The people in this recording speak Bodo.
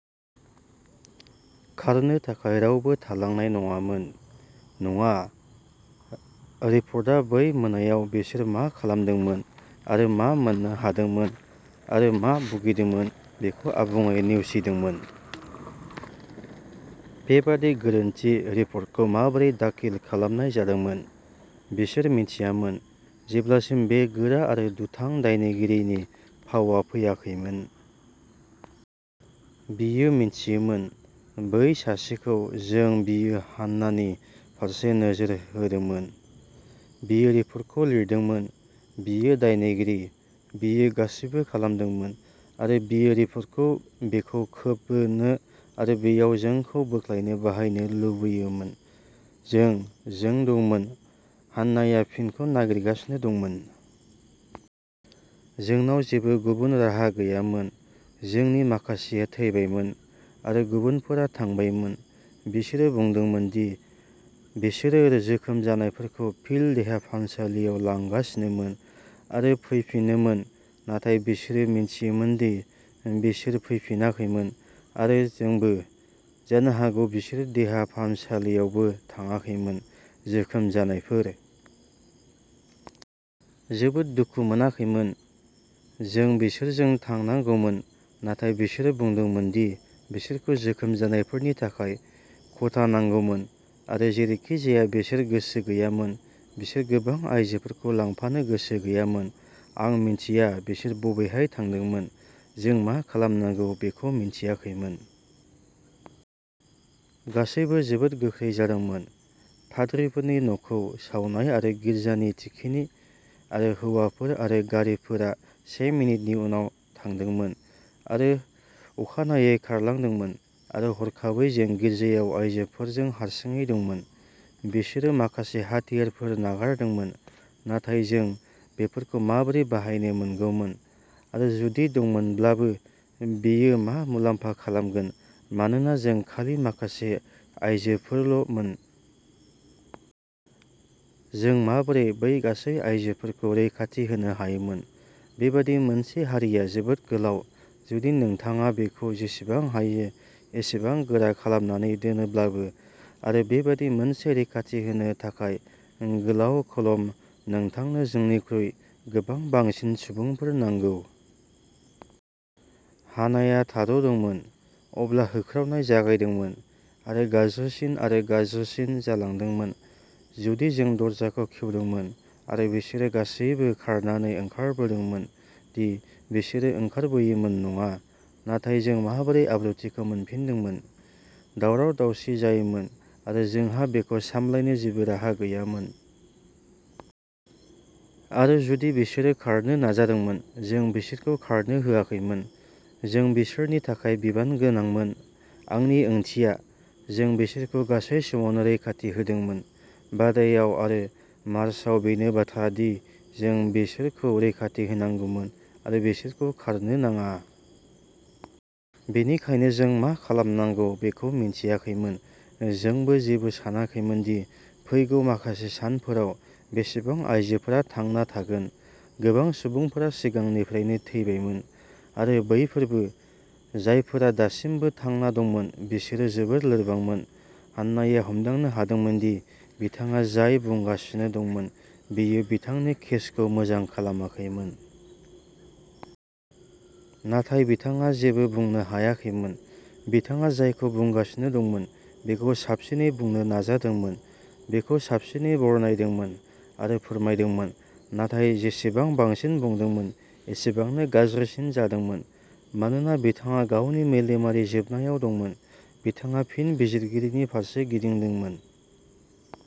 खारनो थाखाय रावबो थालांनाय नङामोन। नङा, रिपर्टआ बै मोनायाव बिसोर मा खालामदोंमोन आरो मा मोन्नो हादोंमोन आरो मा भुगिदोंमोन बेखौ आबुङै नेवसिदोंमोन। बेबादि गोरोन्थि रिपर्टखौ माबोरै दाखिल खालामनाय जादोंमोन? बिसोर मिथियामोन। जेब्लासिम बे गोरा आरो दुथां दायनिगिरिनि फावआ फैयाखैमोन। बियो मिथियोमोन। बै सासेखौ सों बियो हान्नानि फारसे नोजोर होदोंमोन। बियो रिपर्टखौ लिरदोंमोन। बियो दायनिगिरि, बियो गासैबो खालामदोंमोन, आरो बियो रिपर्टखौ बेखौ खोबनो आरो बेयाव जोंखौ बोख्लायनो बाहायनो लुगैयोमोन। जों, जों दंमोन हान्नाया फिनखौ नागिरगासिनो दंमोन। जोंनाव जेबो गुबुन राहा गैयामोन। जोंनि माखासेआ थैबायमोन, आरो गुबुनफोरा थांबायमोन। बिसोरो बुंदोंमोन दि बिसोरो जोखोम जानायफोरखौ फिल्ड देहा फाहामसालियाव लांगासिनोमोन आरो फैफिनोमोन, नाथाय बिसोरो मिथियोमोन दि बिसोर फैफिनाखैमोन, आरो जोंबो। जानो हागौ बिसोरो देहा फाहामसालियावबो थांआखैमोन, जोखोम जानायफोर। जोबोद दुखु मोनाखैमोन। जों बिसोरजों थांनांगौमोन, नाथाय बिसोरो बुंदोंमोन दि बिसोरखौ जोखोम जानायफोरनि थाखाय खथा नांगौमोन, आरो जेरैखिजाया बिसोर गोसो गैयामोन बिसोर गोबां आयजोफोरखौ लांफानो गोसो गैयामोन। आं मिथिया बिसोर बबेहाय थांदोंमोन। जों मा खालामनांगौ बेखौ मिथियाखैमोन। गासैबो जोबोद गोख्रै जादोंमोन, पाद्रिफोरनि न'खौ सावनाय आरो गिर्जानि थिखिनि, आरो हौवाफोर आरो गारिफोरा से मिनिटनि उनाव थांदोंमोन आरो अखानायै खारलांदोंमोन, आरो हरखाबै जों गिर्जायाव आइजोफोरजों हारसिङै दंमोन। बिसोरो माखासे हाथियारफोर नागारदोंमोन, नाथाय जों बेफोरखौ माबोरै बाहायनो मोनगौमोन, आरो जुदि दंमोनब्लाबो, बेयो मा मुलाम्फा खालामगोन, मानोना जों खालि माखासे आइजोफोरल'मोन? जों माबोरै बै गासै आयजोफोरखौ रैखाथि होनो हायोमोन? बेबादि मोनसे सारिआ जोबोद गोलाव, जुदि नोंथाङा बेखौ जेसेबां हायो एसेबां गोरा खालामनानै दोनोब्लाबो, आरो बेबादि मोनसे रैखाथि होनो थाखाय। गोलाव कलम, नोंथांनो जोंनिख्रुइ गोबां बांसिन सुबुंफोर नांगौ। हानाआ थाद'दोंमोन। अब्ला होख्रावनाय जागायदोंमोन आरो गाज्रिसिन आरो गाज्रिसिन जालांदोंमोन। जुदि जों दरजाखौ खेवदोंमोन आरो बिसोरो गासिबो खारनानै ओंखारबोदोंमोन दि बिसोरो ओंखारबोयोमोन नङा, नाथाय जों माबोरै आब्रुथिखौ मोनफिनदोंमोन? दावराव-दावसि जायोमोन, आरो जोंहा बेखौ सामलायनो जेबो राहा गैयामोन। आरो जुदि बिसोरो खारनो नाजादोंमोन जों बिसोरखौ खारनो होआखैमोन। जों बिसोरनि थाखाय बिबान गोनांमोन आंनि ओंथिया, जों बिसोरखौ गासै समावनो रैखाथि होदोंमोन, बादायाव आरो मार्चआव, बेनो बाथ्रा, दि जों बिसोरखौ रैखाथि होनांगौमोन आरो बिसोरखौ खारनो नाङा। बेनिखायनो जों मा खालामनांगौ बेखौ मिथियाखैमोन। जोंबो जेबो सानाखैमोन दि फैगौ माखासे सानफोराव बेसेबां आइजोफोरा थांना थागोन। गोबां सुबुंफोरा सिगांनिफ्रायनो थैबायमोन, आरो बैफोरबो। जायफोरा दासिमबो थांना दंमोन बिसोरो जोबोद लोरबांमोन हान्नाया हमदांनो हादोंमोन दि बिथाङा जाय बुंगासिनो दंमोन बियो बिथांनि केसखौ मोजां खालामाखैमोन। नाथाय बिथाङा जेबो बुंनो हायाखैमोन। बिथाङा जायखौ बुंगासिनो दंमोन बेखौ साबसिनै बुंनो नाजादोंमोन, बेखौ साबसिनै बरनायदोंमोन आरो फोरमायदोंमोन। नाथाय जेसेबां बांसिन बुंदोंमोन, एसेबांनो गाज्रिसिन जादोंमोन। मानोना बिथाङा गावनि मेलेमारि जोबनायाव दंमोन, बिथाङा फिन बिजिरगिरिनि फारसे गिदिंदोंमोन।